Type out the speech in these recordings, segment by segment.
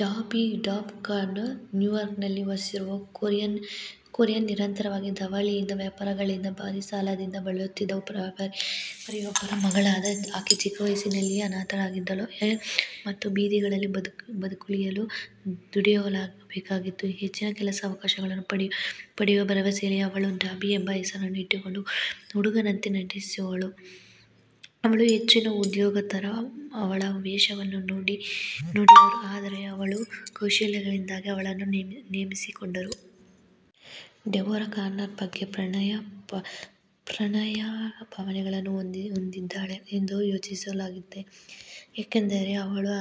Deborah "Dobby" Carter ನ್ಯೂಯಾರ್ಕ್ನಲ್ಲಿ ವಾಸಿಸುವ courier. ನಿರಂತರವಾಗಿ ದಿವಾಳಿಯಾದ ವ್ಯವಹಾರಗಳಿಂದ ಭಾರೀ ಸಾಲದಿಂದ ಬಳಲುತ್ತಿದ್ದ ವ್ಯಾಪಾರಿಯೊಬ್ಬರ ಮಗಳಾದ ಆಕೆ ಚಿಕ್ಕ ವಯಸ್ಸಿನಲ್ಲಿಯೇ ಅನಾಥಳಾಗಿದ್ದಳು ಮತ್ತು ಬೀದಿಗಳಲ್ಲಿ ಬದುಕುಳಿಯಲು ದುಡಿಯುವವಳಾಗಬೇಕಾಯಿತು. ಹೆಚ್ಚಿನ ಕೆಲಸದ ಅವಕಾಶಗಳನ್ನು ಪಡೆಯುವ ಭರವಸೆಯಲ್ಲಿ ಅವಳು "ಡಾಬಿ" ಎಂಬ ಹೆಸರನ್ನು ಇಟ್ಟುಕೊಂಡು ಹುಡುಗನಂತೆ ನಟಿಸಿದಳು; ಅವಳ ಹೆಚ್ಚಿನ ಉದ್ಯೋಗದಾತರು ಅವಳ ವೇಷವನ್ನು ನೋಡಿದರು, ಆದರೆ ಅವಳ ಕೌಶಲ್ಯಗಳಿಂದಾಗಿ ಅವಳನ್ನು ನೇಮಿಸಿಕೊಂಡರು. ಡೆಬೊರಾ ಕಾನರ್ ಬಗ್ಗೆ ಪ್ರಣಯ ಭಾವನೆಗಳನ್ನು ಹೊಂದಿದ್ದಾಳೆ ಎಂದು ಸೂಚಿಸಲಾಗುತ್ತದೆ, ಏಕೆಂದರೆ ಅವಳು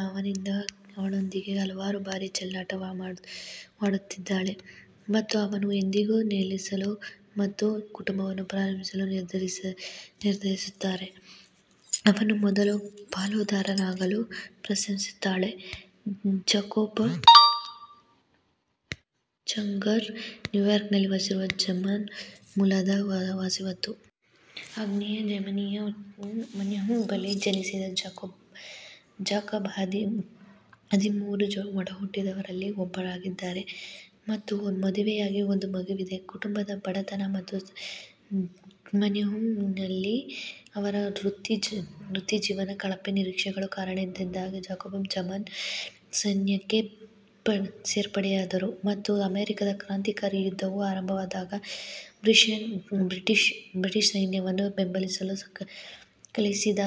ಅವನೊಂದಿಗೆ ಹಲವಾರು ಬಾರಿ ಚೆಲ್ಲಾಟವಾಡುತ್ತಾಳೆ ಮತ್ತು ಅವನು ಎಂದಾದರೂ ನೆಲೆಸಲು ಮತ್ತು ಕುಟುಂಬವನ್ನು ಪ್ರಾರಂಭಿಸಲು ನಿರ್ಧರಿಸಿದರೆ ಅವನ ಮೊದಲ ಪಾಲುದಾರನಾಗಲು ಪ್ರಸ್ತಾಪಿಸುತ್ತಾಳೆ. ಜಾಕೋಬ್ ಝೆಂಗರ್ ನ್ಯೂಯಾರ್ಕ್ನಲ್ಲಿ ವಾಸಿಸುವ ಜರ್ಮನ್ ಮೂಲದ ವಸಾಹತುಗಾರ. ಆಗ್ನೇಯ ಜರ್ಮನಿಯ ಮನ್ಹೈಮ್ ಬಳಿ ಜನಿಸಿದ ಜಾಕೋಬ್ ಹದಿಮೂರು ಒಡಹುಟ್ಟಿದವರಲ್ಲಿ ಒಬ್ಬರಾಗಿದ್ದಾರೆ ಮತ್ತು ಮದುವೆಯಾಗಿ ಒಂದು ಮಗುವಿದೆ. ಕುಟುಂಬದ ಬಡತನ ಮತ್ತು ಮನ್ಹೈಮ್ನಲ್ಲಿ ಅವರ ವೃತ್ತಿಜೀವನದ ಕಳಪೆ ನಿರೀಕ್ಷೆಗಳ ಕಾರಣದಿಂದಾಗಿ, ಜಾಕೋಬ್ ಜರ್ಮನ್ ಸೈನ್ಯಕ್ಕೆ ಸೇರ್ಪಡೆಯಾದರು ಮತ್ತು ಅಮೆರಿಕಾದ ಕ್ರಾಂತಿಕಾರಿ ಯುದ್ಧವು ಪ್ರಾರಂಭವಾದಾಗ, ಬ್ರಿಟಿಷ್ ಸೈನ್ಯವನ್ನು ಬೆಂಬಲಿಸಲು ಕಳುಹಿಸಿದ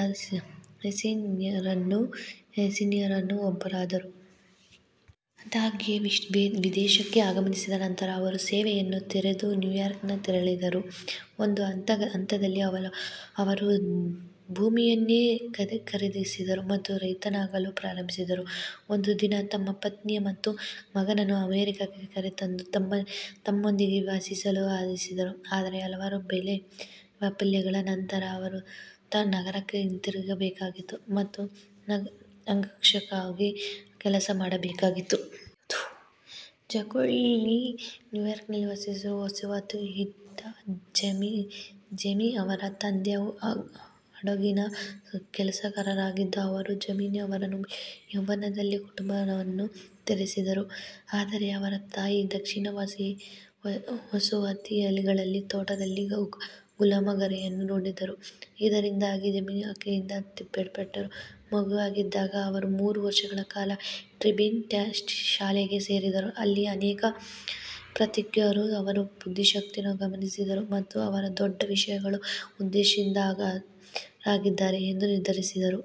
ಹೆಸ್ಸಿಯನ್ನರಲ್ಲಿ ಒಬ್ಬರಾದರು. ಆದಾಗ್ಯೂ, ವಿದೇಶಕ್ಕೆ ಆಗಮಿಸಿದ ನಂತರ, ಅವರು ಸೇವೆಯನ್ನು ತೊರೆದು ನ್ಯೂಯಾರ್ಕ್ಗೆ ತೆರಳಿದರು. ಒಂದು ಹಂತದಲ್ಲಿ, ಅವರು ಭೂಮಿಯನ್ನು ಖರೀದಿಸಿದರು ಮತ್ತು ರೈತನಾಗಲು ಪ್ರಯತ್ನಿಸಿದರು, ಒಂದು ದಿನ ತಮ್ಮ ಪತ್ನಿ ಮತ್ತು ಮಗನನ್ನು ಅಮೆರಿಕಕ್ಕೆ ಕರೆತಂದು ತಮ್ಮೊಂದಿಗೆ ವಾಸಿಸಲು ಆಶಿಸಿದರು, ಆದರೆ ಹಲವಾರು ಬೆಳೆ ವೈಫಲ್ಯಗಳ ನಂತರ ಅವರು ನಗರಕ್ಕೆ ಹಿಂತಿರುಗಬೇಕಾಯಿತು ಮತ್ತು ಅಂಗರಕ್ಷಕನಾಗಿ ಕೆಲಸ ಮಾಡಬೇಕಾಯಿತು. ಜೇಮೀ ಕೊಲ್ಲಿ ನ್ಯೂಯಾರ್ಕ್ನಲ್ಲಿ ವಾಸಿಸುವ ವಸಾಹತುಶಾಹಿ. ಜೇಮೀ ಅವರ ತಂದೆ ಹಡಗಿನ ಕೆಲಸಗಾರರಾಗಿದ್ದರು, ಅವರು ಜೇಮೀ ಅವರ ಯೌವನದಲ್ಲಿ ಕುಟುಂಬವನ್ನು ತೊರೆದರು, ಆದರೆ ಅವರ ತಾಯಿ ದಕ್ಷಿಣದ ವಸಾಹತುಗಳಲ್ಲಿನ ತೋಟದಲ್ಲಿ ಗುಲಾಮರನ್ನು ನೋಡಿಕೊಂಡರು, ಇದರಿಂದಾಗಿ ಜೇಮೀ ಆಕೆಯಿಂದ ಬೇರ್ಪಟ್ಟರು. ಮಗುವಾಗಿದ್ದಾಗ, ಅವರು ಮೂರು ವರ್ಷಗಳ ಕಾಲ ಟ್ರಿನಿಟಿ ಶಾಲೆಗೆ ಸೇರಿದರು, ಅಲ್ಲಿ ಅನೇಕ ಪ್ರಾಧ್ಯಾಪಕರು ಅವರ ಬುದ್ಧಿಶಕ್ತಿಯನ್ನು ಗಮನಿಸಿದರು ಮತ್ತು ಅವರು "ದೊಡ್ಡ ವಿಷಯಗಳಿಗೆ ಉದ್ದೇಶಿತರಾಗಿದ್ದಾರೆ" ಎಂದು ನಿರ್ಧರಿಸಿದರು.